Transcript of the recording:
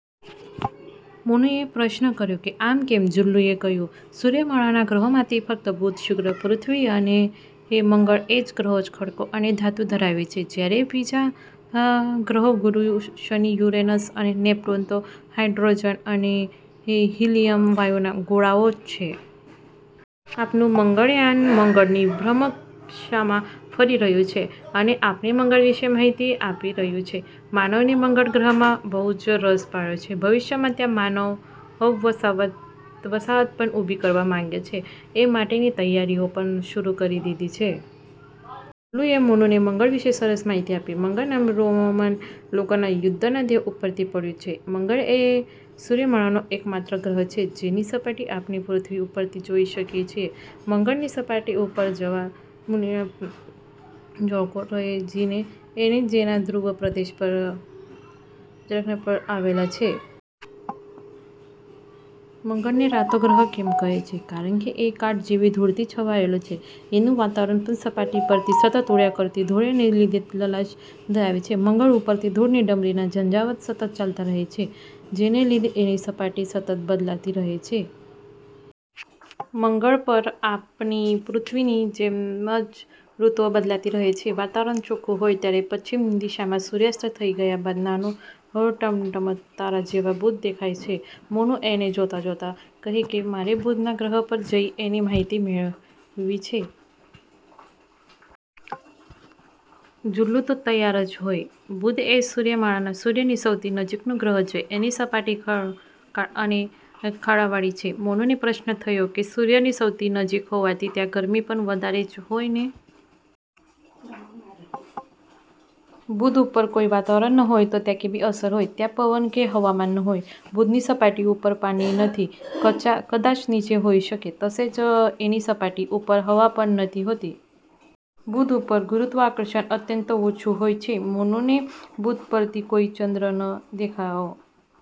મોનુ એ પ્રશ્ન કર્યો કે આમ કેમ? જુલ્લુ એ કહ્યું, "સૂર્યમાળાના ગ્રહોમાંથી ફક્ત બુધ, શુક્ર, પૃથ્વી અને મંગળ એ ગ્રહો જ ખડકો અને ધાતુ ધરાવે છે. જયારે બીજા ગ્રહો ગુરુ, શનિ, યુરેનસ અને નેપ્ટયુન તો હાઇડ્રોજન અને હિલીયમ વાયુના ગોળાઓ જ છે". આપણું મંગળયાન મંગળની ભ્રમણકક્ષામાં ફરી રહ્યું છે અને આપણને મંગળ વિષે માહિતી આપી રહ્યું છે. માનવને મંગળ ગ્રહમાં બહુ જ રસ પડ્યો છે. ભવિષ્યમાં ત્યાં માનવ વસાહત પણ ઉભી કરવા માંગે છે. એ માટેની તૈયારીઓ પણ શરુ કરી દીધી છે. જુલ્લુએ મોનુને મંગળ વિષે સરસ માહિતી આપી. મંગળ નામ રોમન લોકોના યુદ્ધના દેવ ઉપરથી પડ્યું છે. મંગળ એ સૂર્યમાળાનો એક માત્ર ગ્રહ છે જેની સપાટી આપણે પૃથ્વી ઉપરથી જોઈ શકીએ છીએ. મંગળની સપાટી ઉપર જવાળામુખીના ખડકો, રણ, ખીણો અને એના ધ્રુવ પ્રદેશ પર બરફના પડ આવેલા છે. મંગળને રાતો ગ્રહ કેમ કહે છે? કારણકે એ કાટ જેવી ધૂળથી છવાયેલો છે. એનું વાતાવરણ પણ સપાટી પરથી સતત ઉડ્યા કરતી ધૂળને લીધે લાલાશ ધરાવે છે. મંગળ ઉપર ધૂળની ડમરીના ઝંઝાવાત સતત ચાલતા રહે છે જેને લીધે એની સપાટી સતત બદલાતી રહે છે. મંગળ પર પણ આપણી પૃથ્વીની જેમ જ ઋતુઓ બદલાતી રહે છે. વાતાવરણ ચોક્ખું હોય ત્યારે પશ્ચિમ દિશામાં સુર્યાસ્ત થઇ ગયા બાદ નાના ટમટમતા તારા જેવો બુધ દેખાય છે. મોનુ એને જોતાં જોતાં કહે કે મારે બુધના ગ્રહ પર જઈ એની માહિતી મેળવવી છે. જુલ્લુ તો તૈયાર જ હોય. બુધ એ સૂર્યમાળામાં સૂર્યની સૌથી નજીકનો ગ્રહ છે. એની સપાટી ખડકાળ અને ખાડાવાળી છે. મોનુને પ્રશ્ન થયો કે સૂર્યની સૌથી નજીક હોવાથી ત્યાં ગરમી પણ વધારે જ હોય ને? બુધ ઉપર કોઈ વાતાવરણ ન હોય તો ત્યાં કેવી અસર હોય? ત્યાં પવન કે હવામાન ન હોય. બુધની સપાટી ઉપર પાણી નથી. કદાચ નીચે હોઈ શકે. તેમજ એની સપાટી ઉપર હવા પણ નથી હોતી. બુધ ઉપર ગુરુત્વાકર્ષણ અત્યંત ઓછું હોય છે. મોનુને બુધ પરથી કોઈ ચંદ્ર ન દેખાયો.